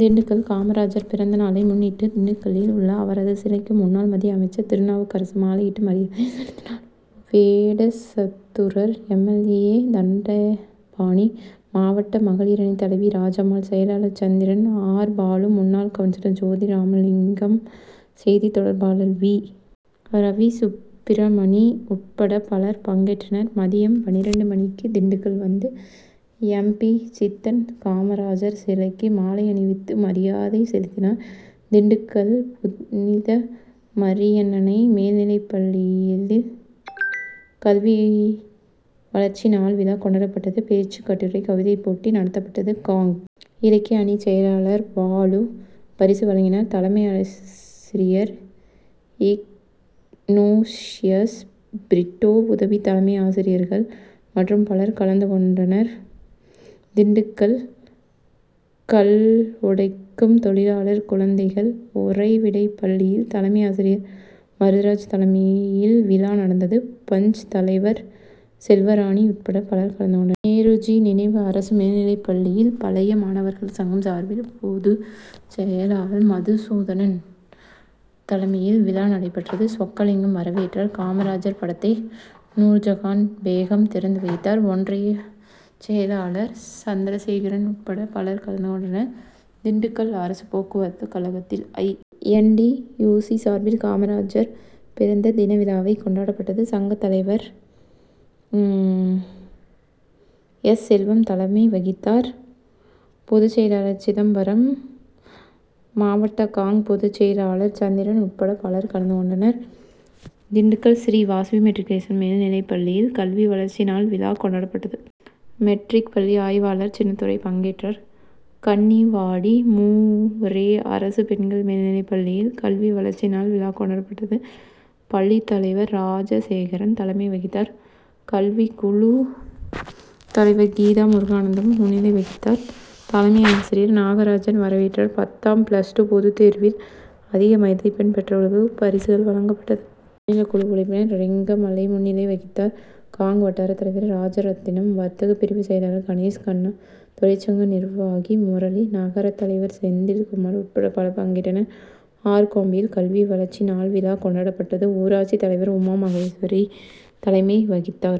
திண்டுக்கல் காமராஜர் பிறந்த நாளை முன்னிட்டு திண்டுக்கல்லில் உள்ள அவரது சிலைக்கு முன்னாள் மத்திய அமைச்சர் திருநாவுக்கரசு மாலையிட்டு மரியாதை செலுத்தினார். Vedasandur M. L. A., Thandapani, மாவட்ட மகளிரணி தலைவி ராஜம்மாள், செயலாளர்கள் சந்திரன், ஆர். பாலு, முன்னாள் கவுன்சிலர் ஜோதிராமலிங்கம், செய்தி தொடர்பாளர் வி. ரவிசுப்ரமணி உட்பட பலர் பங்கேற்றனர். மதியம் பன்னிரண்டு மணிக்கு திண்டுக்கல் வந்த எம். பி.,சித்தன் காமராஜர் சிலைக்கு மாலை அணிவித்து மரியாதை செலுத்தினார். திண்டுக்கல் புனிய மரியன்னை மேல்நிலைப்பள்ளியில் கல்வி வளர்ச்சி நாள் விழா கொண்டாடப்பட்டது. பேச்சு, கட்டுரை, கவிதை போட்டிகள் நடத்தப்பட்டது. காங்., இலக்கிய அணி செயலாளர் பாலு பரிசு வழங்கினார். தலைமை ஆசிரியர் இக்னோஷியஸ் பிரிட்டோ உதவி தலைமை ஆசிரியர்கள் மற்றும் பலர் கலந்து கொண்டனர். திண்டுக்கல் கல்லுடைக்கும் தொழிலாளர் குழந்தைகள் உறைவிட பள்ளியில் தலைமை ஆசிரியர் மருதராஜ் தலைமையில் விழா நடந்தது. பஞ்., தலைவர் செல்வராணி உட்பட பலர் கலந்து கொண்டனர். நேருஜி நினைவு அரசு மேல்நிலைப்பள்ளி பழைய மாணவர் சங்கம் சார்பில் பொதுச் செயலாளர் மதுசூதனன் தலைமையில் விழா நடைபெற்றது. சொக்கலிங்கம் வரவேற்றார். காமராஜர் படத்தை நூர்ஜகான் பேகம் திறந்து வைத்தார். ஒன்றிய செயலாளர் சந்திர சேகரன் உட்பட பலர் கலந்து கொண்டனர். திண்டுக்கல் அரசு போக்குவரத்து கழகத்தில் I. N. T. U. C. சார்பில் காமராஜர் பிறந்த தின விழா கொண்டாடப்பட்டது. சங்கத் தலைவர் எஸ். செல்வம் தலைமை வகித்தார். பொதுச் செயலாளர் சிதம்பரம், மாவட்ட காங்., பொதுச் செயலாளர் சந்திரன் உட்பட பலர் கலந்து கொண்டனர். திண்டுக்கல் ஸ்ரீ வாசவி மெட்ரிக் குலேசன் மேல்நிலைப்பள்ளியில் கல்வி வளர்ச்சிநாள் விழா கொண்டாடப்பட்டது. மெட்ரிக் பள்ளி ஆய்வாளர் சின்னதுரை பங்கேற்றார். கன்னிவாடி மூ. ரெ. அரசு பெண்கள் பள்ளியில் கல்வி வளர்ச்சி நாள் விழா கொண்டாடப்பட்டது. பள்ளித்தலைவர் ராஜசேகரன் தலைமை வகித்தார். கல்விக்குழு தலைவர் கீதா முருகானந்தம் முன்னிலை வகித்தார். தலைமை ஆசிரியர் நாகராஜன் வரவேற்றார். பத்தாம், பிளஸ் டூ பொது தேர்வில் அதிக மதிப்பெண் பெற்றவர்களுக்கு பரிசுகள் வழங்கப்பட்டது. மாநில குழு உறுப்பினர் ரெங்கமலை முன்னிலை வகித்தார். காங். வட்டார தலைவர் ராஜரத்தினம், வர்த்தக பிரிவு செயலாளர் கணேஷ்கண்ணா, தொழிற்சங்க நிர்வாகி முரளி, நகரத் தலைவர் செந்தில்குமார் உட்பட பலர் பங்கேற்றனர். ஆர். கோம்பையில் கல்வி வளர்ச்சி நாள் விழா கொண்டாடப்பட்டது. ஊராட்சி தலைவர் உமாமகேஸ்வரி தலைமை வகித்தார்.